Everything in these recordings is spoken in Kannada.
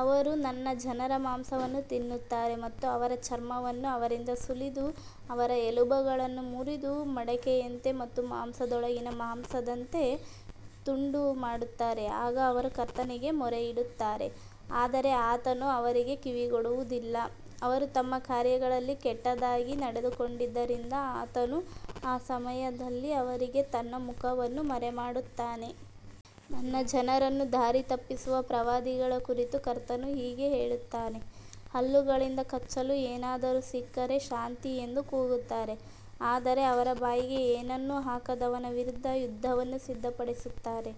ಅವರು ನನ್ನ ಜನರ ಮಾಂಸವನ್ನು ತಿನ್ನುತ್ತಾರೆ ಮತ್ತು ಅವರ ಚರ್ಮವನ್ನು ಅವರಿಂದ ಸುಲಿದು ಅವರ ಎಲುಬುಗಳನ್ನು ಮುರಿದು ಮಡಕೆಯಂತೆ ಮತ್ತು ಮಾಂಸದೊಳಗಿನ ಮಾಂಸದಂತೆ ತುಂಡು ಮಾಡುತ್ತಾರೆ. ಆಗ ಅವರು ಕರ್ತನಿಗೆ ಮೊರೆಯಿಡುತ್ತಾರೆ, ಆದರೆ ಆತನು ಅವರಿಗೆ ಕಿವಿಗೊಡುವುದಿಲ್ಲ. ಅವರು ತಮ್ಮ ಕಾರ್ಯಗಳಲ್ಲಿ ಕೆಟ್ಟದಾಗಿ ನಡೆದುಕೊಂಡಿದ್ದರಿಂದ ಆತನು ಆ ಸಮಯದಲ್ಲಿ ಅವರಿಗೆ ತನ್ನ ಮುಖವನ್ನು ಮರೆಮಾಡುತ್ತಾನೆ. ನನ್ನ ಜನರನ್ನು ದಾರಿತಪ್ಪಿಸುವ ಪ್ರವಾದಿಗಳ ಕುರಿತು ಕರ್ತನು ಹೀಗೆ ಹೇಳುತ್ತಾನೆ, ಹಲ್ಲುಗಳಿಂದ ಕಚ್ಚಲು ಏನಾದರೂ ಸಿಕ್ಕರೆ ಶಾಂತಿ ಎಂದು ಕೂಗುತ್ತಾರೆ, ಆದರೆ ಅವರ ಬಾಯಿಗೆ ಏನನ್ನೂ ಹಾಕದವನ ವಿರುದ್ಧ ಯುದ್ಧವನ್ನು ಸಿದ್ಧಪಡಿಸುತ್ತಾರೆ.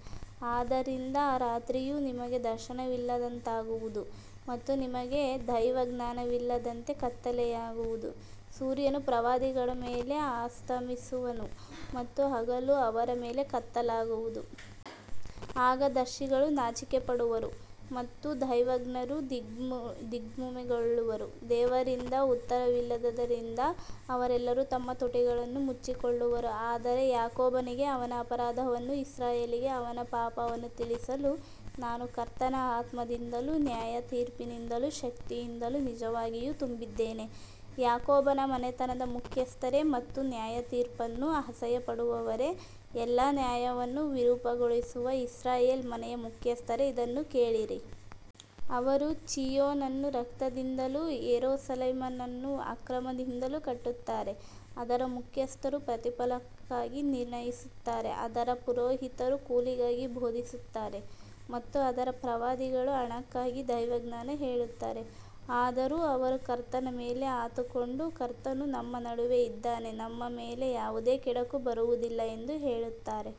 ಆದ್ದರಿಂದ ರಾತ್ರಿಯು ನಿಮಗೆ ದರ್ಶನವಿಲ್ಲದಂತಾಗುವುದು ಮತ್ತು ನಿಮಗೆ ದೈವಜ್ಞಾನವಿಲ್ಲದಂತೆ ಕತ್ತಲೆಯಾಗುವುದು. ಸೂರ್ಯನು ಪ್ರವಾದಿಗಳ ಮೇಲೆ ಅಸ್ತಮಿಸುವನು ಮತ್ತು ಹಗಲು ಅವರ ಮೇಲೆ ಕತ್ತಲಾಗುವುದು. ಆಗ ದರ್ಶಿಗಳು ನಾಚಿಕೆಪಡುವರು ಮತ್ತು ದೈವಜ್ಞರು ದಿಗ್ಭ್ರಮೆಗೊಳ್ಳುವರು. ದೇವರಿಂದ ಉತ್ತರವಿಲ್ಲದ್ದರಿಂದ ಅವರೆಲ್ಲರೂ ತಮ್ಮ ತುಟಿಗಳನ್ನು ಮುಚ್ಚಿಕೊಳ್ಳುವರು. ಆದರೆ ಯಾಕೋಬನಿಗೆ ಅವನ ಅಪರಾಧವನ್ನೂ ಇಸ್ರಾಯೇಲಿಗೆ ಅವನ ಪಾಪವನ್ನೂ ತಿಳಿಸಲು ನಾನು ಕರ್ತನ ಆತ್ಮದಿಂದಲೂ ನ್ಯಾಯತೀರ್ಪಿನಿಂದಲೂ ಶಕ್ತಿಯಿಂದಲೂ ನಿಜವಾಗಿಯೂ ತುಂಬಿದ್ದೇನೆ. ಯಾಕೋಬನ ಮನೆತನದ ಮುಖ್ಯಸ್ಥರೇ ಮತ್ತು ನ್ಯಾಯತೀರ್ಪನ್ನು ಅಸಹ್ಯಪಡುವವರೇ, ಎಲ್ಲಾ ನ್ಯಾಯವನ್ನು ವಿರೂಪಗೊಳಿಸುವ ಇಸ್ರಾಯೇಲ್ ಮನೆಯ ಮುಖ್ಯಸ್ಥರೇ, ಇದನ್ನು ಕೇಳಿರಿ. ಅವರು ಚೀಯೋನನ್ನು ರಕ್ತದಿಂದಲೂ ಯೆರೂಸಲೇಮನ್ನು ಅಕ್ರಮದಿಂದಲೂ ಕಟ್ಟುತ್ತಾರೆ. ಅದರ ಮುಖ್ಯಸ್ಥರು ಪ್ರತಿಫಲಕ್ಕಾಗಿ ನಿರ್ಣಯಿಸುತ್ತಾರೆ, ಅದರ ಪುರೋಹಿತರು ಕೂಲಿಗಾಗಿ ಬೋಧಿಸುತ್ತಾರೆ ಮತ್ತು ಅದರ ಪ್ರವಾದಿಗಳು ಹಣಕ್ಕಾಗಿ ದೈವಜ್ಞಾನ ಹೇಳುತ್ತಾರೆ. ಆದರೂ ಅವರು ಕರ್ತನ ಮೇಲೆ ಆತುಕೊಂಡು, ಕರ್ತನು ನಮ್ಮ ನಡುವೆ ಇದ್ದಾನೆ, ನಮ್ಮ ಮೇಲೆ ಯಾವುದೇ ಕೆಡುಕು ಬರುವುದಿಲ್ಲ ಎಂದು ಹೇಳುತ್ತಾರೆ.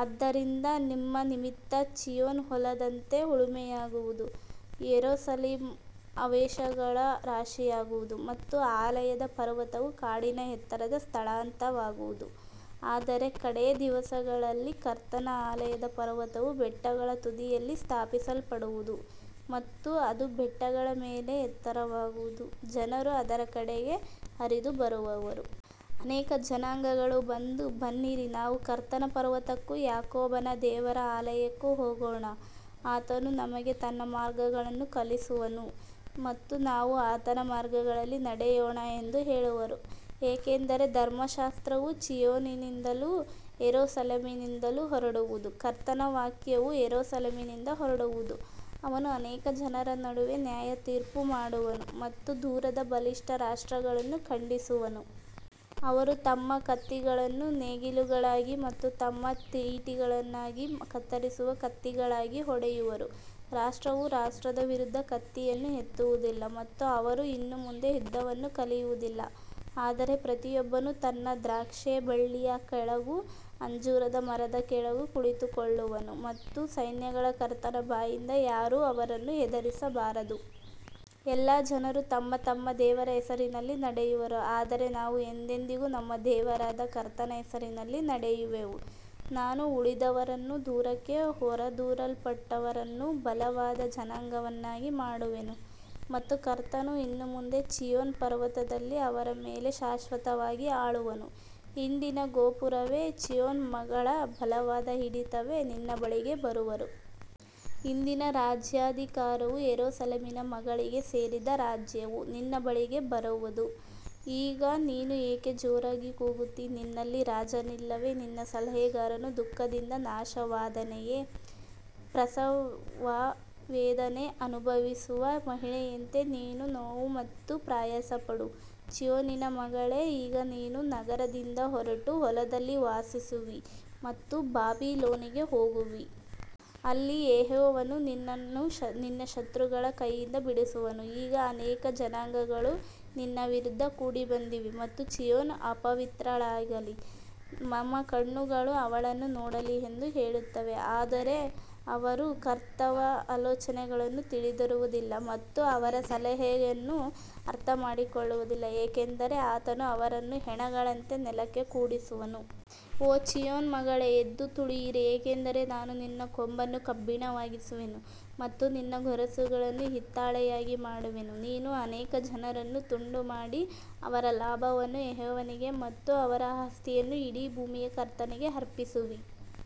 ಆದ್ದರಿಂದ ನಿಮ್ಮ ನಿಮಿತ್ತ ಚೀಯೋನ್ ಹೊಲದಂತೆ ಉಳುಮೆಯಾಗುವುದು, ಯೆರೂಸಲೇಮ್ ಅವಶೇಷಗಳ ರಾಶಿಯಾಗುವುದು ಮತ್ತು ಆಲಯದ ಪರ್ವತವು ಕಾಡಿನ ಎತ್ತರದ ಸ್ಥಳಗಳಂತಾಗುವುದು. ಆದರೆ ಕಡೇ ದಿವಸಗಳಲ್ಲಿ ಕರ್ತನ ಆಲಯದ ಪರ್ವತವು ಬೆಟ್ಟಗಳ ತುದಿಯಲ್ಲಿ ಸ್ಥಾಪಿಸಲ್ಪಡುವುದು ಮತ್ತು ಅದು ಬೆಟ್ಟಗಳ ಮೇಲೆ ಎತ್ತರವಾಗುವುದು, ಜನರು ಅದರ ಕಡೆಗೆ ಹರಿದು ಬರುವರು. ಅನೇಕ ಜನಾಂಗಗಳು ಬಂದು, ಬನ್ನಿರಿ, ನಾವು ಕರ್ತನ ಪರ್ವತಕ್ಕೂ ಯಾಕೋಬನ ದೇವರ ಆಲಯಕ್ಕೂ ಹೋಗೋಣ, ಆತನು ನಮಗೆ ತನ್ನ ಮಾರ್ಗಗಳನ್ನು ಕಲಿಸುವನು ಮತ್ತು ನಾವು ಆತನ ಮಾರ್ಗಗಳಲ್ಲಿ ನಡೆಯೋಣ ಎಂದು ಹೇಳುವರು. ಏಕೆಂದರೆ ಧರ್ಮಶಾಸ್ತ್ರವು ಚೀಯೋನಿನಿಂದಲೂ ಯೆರೂಸಲೇಮಿನಿಂದಲೂ ಹೊರಡುವುದು, ಕರ್ತನ ವಾಕ್ಯವು ಯೆರೂಸಲೇಮಿನಿಂದ ಹೊರಡುವುದು. ಅವನು ಅನೇಕ ಜನರ ನಡುವೆ ನ್ಯಾಯತೀರ್ಪು ಮಾಡುವನು ಮತ್ತು ದೂರದ ಬಲಿಷ್ಠ ರಾಷ್ಟ್ರಗಳನ್ನು ಖಂಡಿಸುವನು. ಅವರು ತಮ್ಮ ಕತ್ತಿಗಳನ್ನು ನೇಗಿಲುಗಳಾಗಿ ಮತ್ತು ತಮ್ಮ ಈಟಿಗಳನ್ನು ಕತ್ತರಿಸುವ ಕತ್ತಿಗಳಾಗಿ ಹೊಡೆಯುವರು. ರಾಷ್ಟ್ರವು ರಾಷ್ಟ್ರದ ವಿರುದ್ಧ ಕತ್ತಿಯನ್ನು ಎತ್ತುವುದಿಲ್ಲ ಮತ್ತು ಅವರು ಇನ್ನು ಮುಂದೆ ಯುದ್ಧವನ್ನು ಕಲಿಯುವುದಿಲ್ಲ. ಆದರೆ ಪ್ರತಿಯೊಬ್ಬನು ತನ್ನ ದ್ರಾಕ್ಷೇಬಳ್ಳಿಯ ಕೆಳಗೂ ಅಂಜೂರದ ಮರದ ಕೆಳಗೂ ಕುಳಿತುಕೊಳ್ಳುವನು ಮತ್ತು ಸೈನ್ಯಗಳ ಕರ್ತನ ಬಾಯಿಂದ ಯಾರೂ ಅವರನ್ನು ಹೆದರಿಸಬಾರದು. ಎಲ್ಲಾ ಜನರು ತಮ್ಮ ತಮ್ಮ ದೇವರ ಹೆಸರಿನಲ್ಲಿ ನಡೆಯುವರು, ಆದರೆ ನಾವು ಎಂದೆಂದಿಗೂ ನಮ್ಮ ದೇವರಾದ ಕರ್ತನ ಹೆಸರಿನಲ್ಲಿ ನಡೆಯುವೆವು. ನಾನು ಉಳಿದವರನ್ನೂ ದೂರಕ್ಕೆ ಹೊರದೂಡಲ್ಪಟ್ಟವರನ್ನೂ ಬಲವಾದ ಜನಾಂಗವನ್ನಾಗಿ ಮಾಡುವೆನು ಮತ್ತು ಕರ್ತನು ಇನ್ನು ಮುಂದೆ ಚೀಯೋನ್ ಪರ್ವತದಲ್ಲಿ ಅವರ ಮೇಲೆ ಶಾಶ್ವತವಾಗಿ ಆಳುವನು. ಹಿಂಡಿನ ಗೋಪುರವೇ, ಚೀಯೋನ್ ಮಗಳ ಬಲವಾದ ಹಿಡಿತವೇ, ನಿನ್ನ ಬಳಿಗೆ ಬರುವದು. ಹಿಂದಿನ ರಾಜ್ಯಾಧಿಕಾರವು, ಯೆರೂಸಲೇಮಿನ ಮಗಳಿಗೆ ಸೇರಿದ ರಾಜ್ಯವು, ನಿನ್ನ ಬಳಿಗೆ ಬರುವದು. ಈಗ ನೀನು ಏಕೆ ಜೋರಾಗಿ ಕೂಗುತ್ತೀ? ನಿನ್ನಲ್ಲಿ ರಾಜನಿಲ್ಲವೇ? ನಿನ್ನ ಸಲಹೆಗಾರನು ದುಃಖದಿಂದ ನಾಶವಾದನೆಯೇ? ಪ್ರಸವವೇದನೆ ಅನುಭವಿಸುವ ಮಹಿಳೆಯಂತೆ ನೀನು ನೋವು ಮತ್ತು ಪ್ರಯಾಸಪಡು, ಚೀಯೋನಿನ ಮಗಳೇ. ಈಗ ನೀನು ನಗರದಿಂದ ಹೊರಟು ಹೊಲದಲ್ಲಿ ವಾಸಿಸುವಿ ಮತ್ತು ಬಾಬಿಲೋನಿಗೆ ಹೋಗುವಿ. ಅಲ್ಲಿ ಯೆಹೋವನು ನಿನ್ನನ್ನು ನಿನ್ನ ಶತ್ರುಗಳ ಕೈಯಿಂದ ಬಿಡಿಸುವನು. ಈಗ ಅನೇಕ ಜನಾಂಗಗಳು ನಿನ್ನ ವಿರುದ್ಧ ಕೂಡಿಬಂದಿವೆ ಮತ್ತು ಚೀಯೋನ್ ಅಪವಿತ್ರಳಾಗಲಿ, ನಮ್ಮ ಕಣ್ಣುಗಳು ಅವಳನ್ನು ನೋಡಲಿ ಎಂದು ಹೇಳುತ್ತವೆ. ಆದರೆ ಅವರು ಕರ್ತನ ಆಲೋಚನೆಗಳನ್ನು ತಿಳಿದಿರುವುದಿಲ್ಲ ಮತ್ತು ಅವರ ಸಲಹೆಯನ್ನು ಅರ್ಥಮಾಡಿಕೊಳ್ಳುವುದಿಲ್ಲ, ಏಕೆಂದರೆ ಆತನು ಅವರನ್ನು ಹೆಣಗಳಂತೆ ನೆಲಕ್ಕೆ ಕೂಡಿಸುವನು. ಓ ಚೀಯೋನ್ ಮಗಳೇ, ಎದ್ದು ತುಳಿಯಿರಿ, ಏಕೆಂದರೆ ನಾನು ನಿನ್ನ ಕೊಂಬನ್ನು ಕಬ್ಬಿಣವಾಗಿಸುವೆನು ಮತ್ತು ನಿನ್ನ ಗೊರಸುಗಳನ್ನು ಹಿತ್ತಾಳೆಯಾಗಿ ಮಾಡುವೆನು. ನೀನು ಅನೇಕ ಜನರನ್ನು ತುಂಡುಮಾಡಿ, ಅವರ ಲಾಭವನ್ನು ಯೆಹೋವನಿಗೆ ಮತ್ತು ಅವರ ಆಸ್ತಿಯನ್ನು ಇಡೀ ಭೂಮಿಯ ಕರ್ತನಿಗೆ ಅರ್ಪಿಸುವಿ.